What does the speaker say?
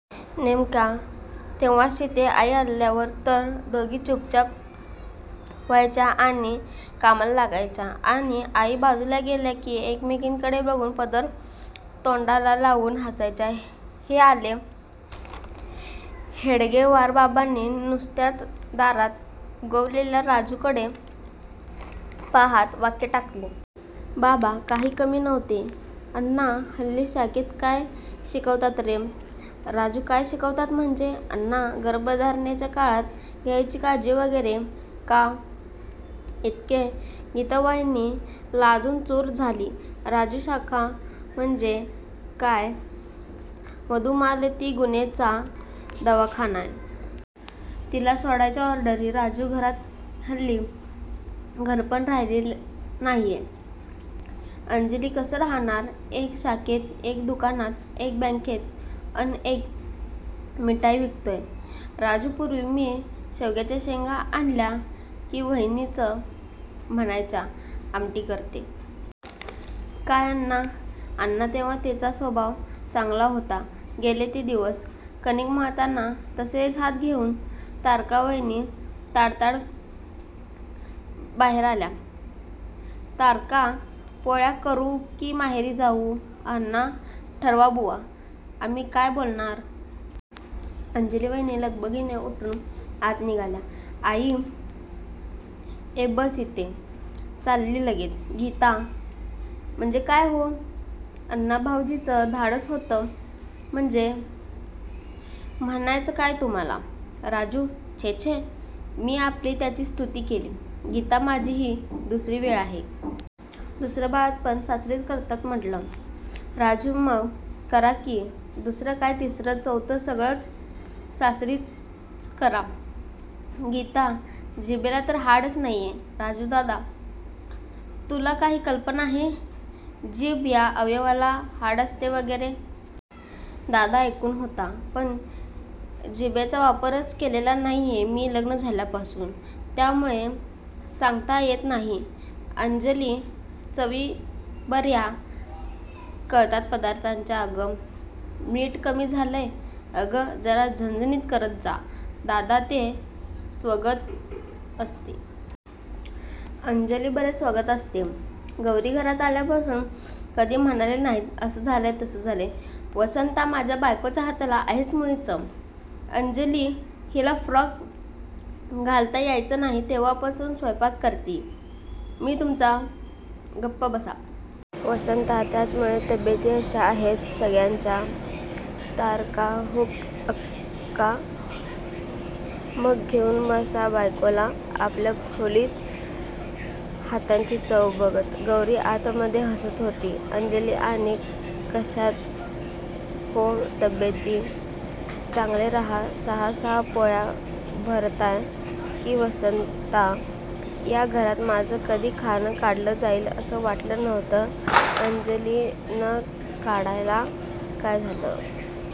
नेमक्या तेव्हाच तिथे आई आल्या तर दोघी चूपचाप व्हायच्या आणि कामाला लागायच्या आणि आई बाजूला गेल्या की एकमेकींकडे बघून पदर तोंडाला लावून हासायच्या. हे आले हेगडेवार बाबांनी नुसत्याच दारात उगवलेल्या राजूकडे पाहात वाक्य टाकले. बाबा काही कमी नव्हते. अण्णा हल्ली शाखेत काय शिकवतात रे? राजू काय शिकवतात म्हणजे? आण्णा गर्भधारणेच्या काळात घ्यायची काळजी वगैरे का? इतके गीतावहिनी लाजून चूर झाली. राजू शाखा म्हणजे काय मधुमालती गुणेंचा दवाखाना आहे? तिला सोडायच्या ऑर्डरी राजू घरात हल्ली घरपण राहिलेलं नाहीये. अंजली कसं राहणार? एक शाखेत, एक दुकानात, एक बँकेत अन एक मिठाई विकतोय. राजू पुर्वी मी शेवग्याच्या शेंगा आणल्या की वहिनीच म्हणायच्या आमटी करते. काय अण्णा? अण्णा तेव्हा तिचा स्वभाव चांगला होता. गेले ते दिवस. कणीक मळताना तसेच हात घेऊन तारका वहिनी ताडताड बाहेर आल्या. तारका पोळ्या करू की माहेरी जाऊ? अण्णा ठरवा बुवा. आम्ही काय बोलणार? अंजली वहिनी लगबगीने उठून आत निघाल्या. आई ए. बस इथे. चालली लगेच. गीता म्हणजे काय हो?अण्णाभावजींचं धाडस होतं म्हणजे म्हणायचंय काय तुम्हाला? राजू छे छे. मी आपली त्याची स्तुती केली. गीता माझी ही दुसरी वेळ आहे. दुसरं बाळंतपण सासरीच करतात म्हंटलं. राजू मग करा की, दुसरं काय, तिसरं, चौथं सगळं सासरीच करा. गीता जिभेला तर हाडच नाहीये. राजू दादा? तुला काही कल्पना आहे? जीभ या अवयवाला हाड असते वगैरे? दादा ऐकून होतो. पण जीभेचा वापरच केलेला नाहीये मी लग्न झाल्यापासून. त्यामुळे सांगता येत नाही. अंजली चवी बर्या कळतात पदार्थांच्या अगं मीठ कमी झालंय. अगं जरा झणझणीत करत जा. दादा ते स्वगत असते. अंजली बरे स्वगत असते. गौरी घरात आल्यापासून कधी म्हणाले नाहीत. असं झालंय तसं झालंय. वसंता माझ्या बायकोच्या हाताला आहेच मुळी चव. अंजली हिला फ्रॉक घालता यायचा नाही तेव्हापासून स्वयंपाक करतीय मी तुमचा गप्प बसा. वसंता त्याचमुळे तब्येती अशा आहेत सगळ्यांच्या. तारका हो अक्का? मग घेऊन बसा बायकोला आपल्या खोलीत हातांची चव बघत. गौरी आतमध्ये हसत होती. अंजली आणि कशात हो तब्येती? चांगले राहा सहा सहा पोळ्या भरताय की वसंता या घरात माझं कधी खाणं काढलं जाईल असं वाटलं नव्हतं. अंजली न काढायला काय झालंय.